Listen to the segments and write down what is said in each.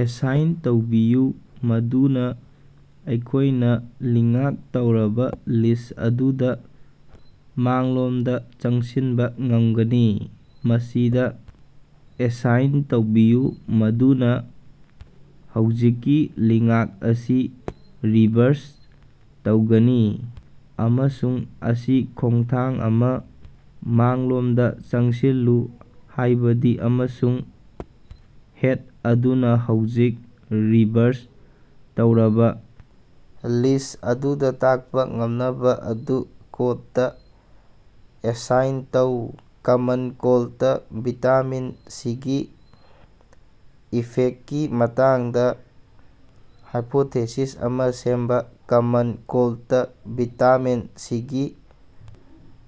Assign ꯇꯧꯕꯤꯌꯨ ꯃꯗꯨꯅ ꯑꯩꯈꯣꯏꯅ ꯂꯤꯉ꯭ꯛ ꯇꯧꯔꯕ ꯂꯤꯁ꯭ꯠ ꯑꯗꯨꯗ ꯃꯥꯡꯂꯣꯝꯗ ꯆꯪꯁꯤꯟꯕ ꯉꯝꯒꯅꯤ꯫ ꯑꯁꯤꯗ ꯑꯦꯁꯥꯏꯟ ꯇꯧꯕꯤꯌꯨ ꯃꯗꯨꯅ ꯍꯧꯖꯤꯛꯀꯤ ꯂꯤꯉ꯭ꯛ ꯑꯁꯤ ꯔꯤꯚꯔꯁ ꯇꯧꯒꯅꯤ꯫ ꯑꯃꯁꯨꯡ ꯑꯁꯤ ꯈꯣꯡꯊꯥꯡ ꯑꯃ ꯃꯥꯡꯂꯣꯝꯗ ꯆꯪꯁꯤꯜꯂꯨ ꯍꯥꯏꯕꯗꯤ ꯑꯃꯁꯨꯡ ꯍꯦꯗ ꯑꯗꯨꯅ ꯍꯧꯖꯤꯛ ꯔꯤꯚꯥꯔꯁ ꯇꯧꯔꯕ ꯂꯤꯁ꯭ꯠ ꯑꯗꯨꯗ ꯇꯥꯛꯄ ꯉꯝꯅꯕ ꯑꯗꯨ ꯀꯣꯠꯇ ꯑꯦꯁꯥꯏꯟ ꯇꯧ꯫ ꯀꯃꯟ ꯀꯣꯜꯗꯇ ꯚꯤꯇꯥꯃꯤꯟ ꯁꯤꯒꯤ ꯏꯐꯦꯛꯇꯀꯤ ꯃꯇꯥꯡꯗ ꯍꯥꯏꯄꯣꯊꯦꯁꯤꯁ ꯑꯃ ꯁꯦꯝꯕ꯫ ꯀꯃꯟ ꯀꯣꯜꯗꯇ ꯚꯤꯇꯥꯃꯤꯟ ꯁꯤꯒꯤ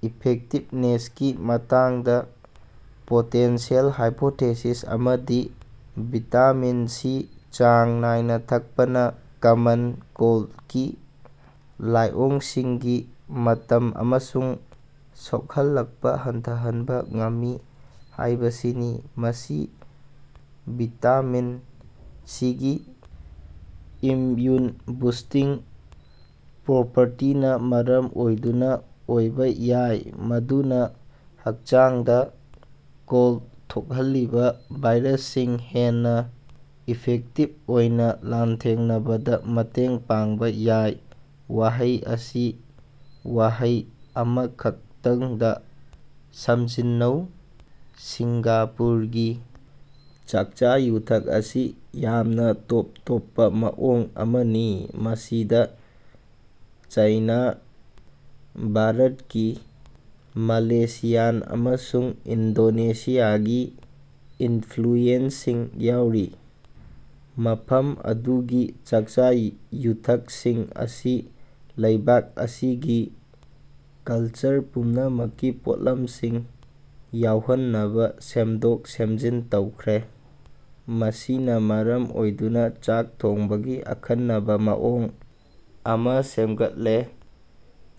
ꯏꯐꯦꯛꯇꯤꯕꯅꯦꯁꯀꯤ ꯃꯇꯥꯡꯗ ꯄꯣꯇꯦꯟꯁꯤꯌꯦꯜ ꯍꯥꯏꯄꯣꯊꯦꯁꯤꯁ ꯑꯃꯗꯤ ꯚꯤꯇꯥꯃꯤꯟ ꯁꯤ ꯆꯥꯡ ꯅꯥꯏꯅ ꯊꯛꯄꯅ ꯀꯃꯟ ꯀꯣꯜꯗꯀꯤ ꯂꯥꯏꯑꯣꯡꯁꯤꯡꯒꯤ ꯃꯇꯝ ꯑꯃꯁꯨꯡ ꯁꯣꯛꯍꯜꯂꯛꯄ ꯍꯟꯊꯍꯟꯕ ꯉꯝꯃꯤ ꯍꯥꯏꯕꯁꯤꯅꯤ꯫ ꯃꯁꯤ ꯚꯤꯇꯥꯃꯤꯟ ꯁꯤꯒꯤ ꯏꯝꯌꯨꯟ-ꯕꯨꯁꯇꯤꯡ ꯄ꯭ꯔꯣꯄꯔꯇꯤꯅ ꯃꯔꯝ ꯑꯣꯏꯗꯨꯅ ꯑꯣꯏꯕ ꯌꯥꯏ, ꯃꯗꯨꯅ ꯍꯛꯆꯥꯡꯗ ꯀꯣꯜꯗ ꯊꯣꯛꯍꯜꯂꯤꯕ ꯚꯥꯏꯔꯁꯁꯤꯡ ꯍꯦꯟꯅ ꯏꯐꯦꯛꯇꯤꯚ ꯑꯣꯏꯅ ꯂꯥꯟꯊꯦꯡꯅꯕꯗ ꯃꯇꯦꯡ ꯄꯥꯡꯕ ꯌꯥꯏ꯫ ꯋꯥꯍꯩ ꯑꯁꯤ ꯋꯥꯍꯩ ꯑꯃꯈꯛꯇꯪꯗ ꯁꯝꯖꯤꯟꯅꯧ꯫ꯁꯤꯡꯒꯥꯄꯨꯔꯒꯤ ꯆꯥꯛꯆꯥ-ꯌꯨꯊꯛ ꯑꯁꯤ ꯌꯥꯝꯅ ꯇꯣꯞ ꯇꯣꯞꯄ ꯃꯑꯣꯡ ꯑꯃꯅꯤ꯫ꯃꯁꯤꯗ ꯆꯥꯏꯅꯥ, ꯚꯥꯔꯠꯀꯤ, ꯃꯂꯦꯁꯤꯌꯥꯟ ꯑꯃꯁꯨꯡ ꯏꯟꯗꯣꯅꯦꯁꯤꯌꯥꯒꯤ ꯏꯟꯐ꯭ꯂꯨꯑꯦꯟꯁꯁꯤꯡ ꯌꯥꯎꯔꯤ꯫ ꯃꯐꯝ ꯑꯗꯨꯒꯤ ꯆꯥꯛꯆꯥ-ꯌꯨꯊꯛꯁꯤꯡ ꯑꯁꯤ ꯂꯩꯕꯥꯛ ꯑꯁꯤꯒꯤ ꯀꯜꯆꯔ ꯄꯨꯝꯅꯃꯛꯀꯤ ꯄꯣꯠꯂꯝꯁꯤꯡ ꯌꯥꯎꯍꯟꯅꯕ ꯁꯦꯝꯗꯣꯛ-ꯁꯦꯝꯖꯤꯟ ꯇꯧꯈ꯭ꯔꯦ꯫ ꯃꯁꯤꯅ ꯃꯔꯝ ꯑꯣꯏꯗꯨꯅ ꯆꯥꯛ ꯊꯣꯡꯕꯒꯤ ꯑꯈꯟꯅꯕ ꯃꯑꯣꯡ ꯑꯃ ꯁꯦꯝꯒꯠꯂꯦ꯫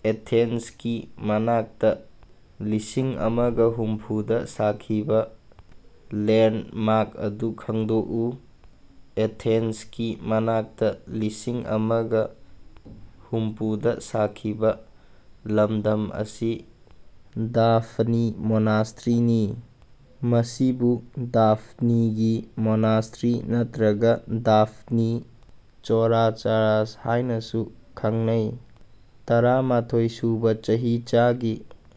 ꯑꯦꯊꯦꯟꯁꯀꯤ ꯃꯅꯥꯛꯇꯥ ꯂꯤꯁꯤꯡꯑꯃꯒ ꯍꯨꯝꯐꯨ ꯗ ꯁꯥꯈꯤꯕ ꯂꯦꯟꯗꯃꯥꯔꯛ ꯑꯗꯨ ꯈꯪꯗꯣꯛꯎ꯫ ꯑꯦꯊꯦꯟꯁꯀꯤ ꯃꯅꯥꯛꯇ ꯂꯤꯁꯤꯡ ꯑꯃꯒ ꯍꯨꯝꯐꯨꯗ ꯁꯥꯈꯤꯕ ꯂꯝꯗꯝ ꯑꯁꯤ ꯗꯥꯐ꯭ꯅꯤ ꯃꯣꯅꯥꯁꯇ꯭ꯔꯤꯅꯤ꯫ ꯃꯁꯤꯕꯨ ꯗꯥꯐꯅꯤꯒꯤ ꯃꯣꯅꯥꯁꯇ꯭ꯔꯤ ꯅꯠꯇꯔ꯭ꯒ ꯗꯥꯐ꯭ꯅꯤ ꯆꯣꯔꯥ ꯆꯔꯆ ꯍꯥꯏꯅꯥꯁꯨ ꯈꯪꯅꯩ꯫ ꯇꯔꯥꯃꯥꯊꯣꯏ ꯁꯨꯕ ꯆꯍꯤꯆꯥꯒꯤ